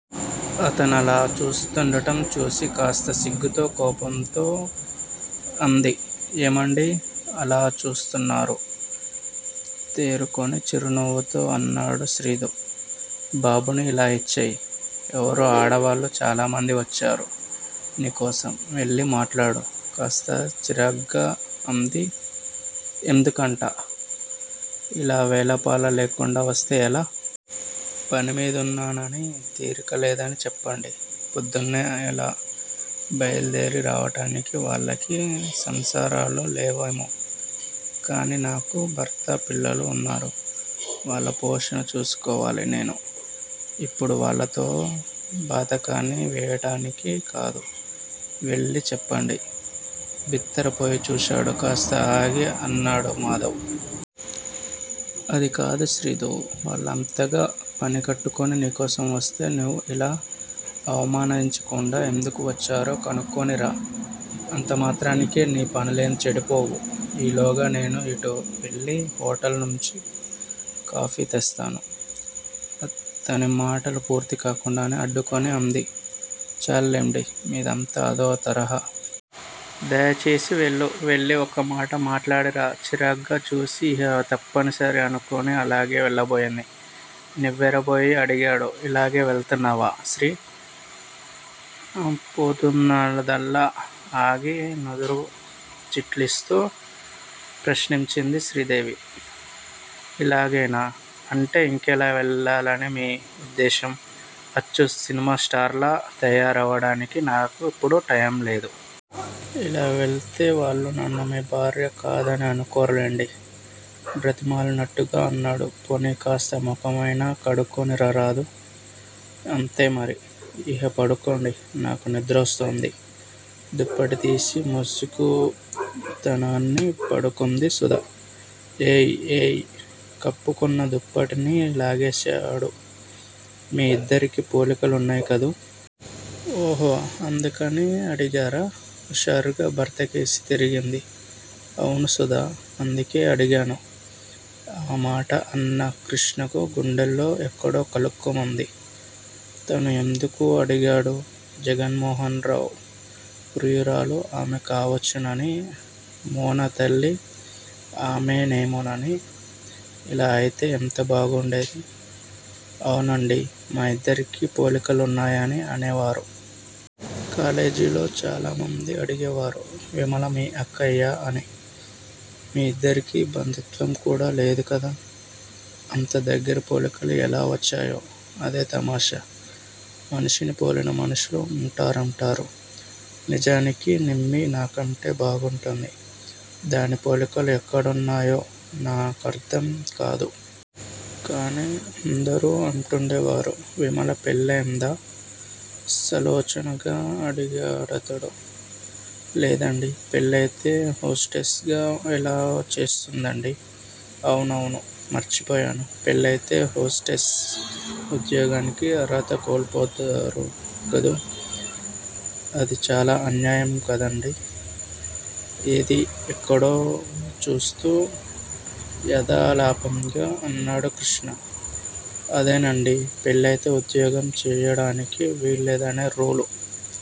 అతనలా చూస్తుండటం చూసి కాస్త సిగ్గుతో కోపంతో అంది ఏమండీ అలా చూస్తున్నారు? తేరుకుని చిరునవ్వుతో అన్నాడు శ్రీదూ! బాబుని ఇలా ఇచ్చేయ్, ఎవరో ఆడవాళ్ళు చాలామంది వచ్చారు నీకోసం వెళ్ళి మాట్లాడు కాస్త చిరాగ్గా అంది ఎందుకట? ఇలా వేళా పాళా లేకుండా వస్తే ఎలా? పనిమీదున్నానని తీరిక లేదని చెప్పండి. పొద్దున్నే ఇలా బయలుదేరి రావటానికి వాళ్ళకి సంసారాలు లేవేమో కాని నాకు భర్త, పిల్లాలు వున్నారు. వాళ్ళ పోషణ చూచుకోవాలి నేను. ఇపుడు వాళ్ళతో బాతాఖాని వేయటానికి కాదు. వెళ్ళి చెప్పండి. బిత్తరపోయి చూశాడు కాస్త ఆగి అన్నాడు మాధవ్! అది కాదు శ్రీదూ, వాళ్లు అంతగా పనిగట్టుకుని నీ కోసం వస్తే నీవు ఇలా అవమానించకుండా ఎందుకోసం వచ్చారో కనుక్కుని రా, అంతమాత్రానికే నీ పనులేంచెడిపోవు. ఈలోగా నేను ఇటు వెళ్లి హొటల్ నుంచి కాఫీ తెస్తాను. అతని మాటలు పూర్తికాకుండానే అడ్డుకుని అంది చాల్లెండి, మిదంతా అదో తరహా. దయచేసి వెళ్ళు. వెళ్ళి ఒకమాట మాట్లాడిరా. చిరాగ్గా చూసి ఇహ తప్పనిసరి అనుకుని అలాగే వెళ్ళబోయింది. నివ్వేరబోయి అడిగాడు ఇలాగే వెడుతున్నావా శ్రీ పోబోతున్నదల్లా ఆగి నుదురు చిట్లిస్తూ ప్రశ్నించింది శ్రీదేవి! ఇలాగేనా అంటే ఇంకెలా వెళ్ళాలని మీ ఉద్దేశం? అచ్చు సినిమా స్టార్లా తయారవటానికి నా కిప్పుడు టైం లేదు. ఇలా వెళితే వాళ్లు నన్ను మీ భార్య కాదని అనుకోర్లెండి? బ్రతిమాలుతున్నట్టుగా అన్నాడు. పోనీ కాస్త ముఖం అయినా కడుక్కుని రారాదూ! అంతే, మరి? ఇహ పడుకోండి, నాకు నిద్రొస్తోంది దుప్పటి తీసి ముసుగుతనని పడుకుంది సుధ. ఏయ్! ఏయ్! కప్పుకొన్న దుప్పటిని లాగివేశాడు. మీ ఇద్దరికీ పోలికలున్నాయి కదూ? ఓహో! అందుకని అడిగారా? ఉషారుగా భర్తకేసి తిరిగింది. అవును సుధా! అందుకే అడిగాను. ఆమాట అన్న కృష్ణకు గుండెల్లో ఎక్కడో కలుక్కుమంది. తను ఎందుకు అడిగాడు? జగన్మోహనరావు ప్రియురాలు ఆమె కావచ్చునని! మోనా తల్లి ఆమేనేమోనని! అలా అయితే ఎంత బాగుండేది? అవునండీ! మా ఇద్దరికీ పోలికలున్నాయని అనేవారు. కాలేజీలో చాలామంది అడిగేవారు విమల మీ అక్కయ్యా అని. మీ ఇద్దరికీ బంధుత్వం కూడా లేదు కదా? అంతదగ్గిర పోలికలు ఎలా వచ్చాయో? అదే తమాషా! మనిషిని పోలిన మనిషి ఉంటారంటారు. నిజానికి నిమ్మీ నాకంటే బాగుంటుంది. దాని పోలికలు నాకెక్కడున్నాయో నా కర్ధం కాదు. కాని అందరూ అంటుండేవారు. విమల పెళ్ళయిందా? సాలోచనగా అడిగాడతడు. లేదండీ! పెళ్ళయితే హోస్టెస్ గా ఎలా చేస్తుందండీ? అవునవును. మర్చిపోయాను. పెళ్ళయితే హోస్టెస్ ఉద్యోగానికి అర్హత కోల్పోతారుగదూ? అది చాలా అన్యాయం కదండీ! ఏదీ? ఎక్కడో చూస్తూ యధాలాపంగా అన్నాడు కృష్ణ. అదేనండీ! పెళ్ళయితే ఉద్యోగం చేయడానికి వీల్లేదనే రూలు.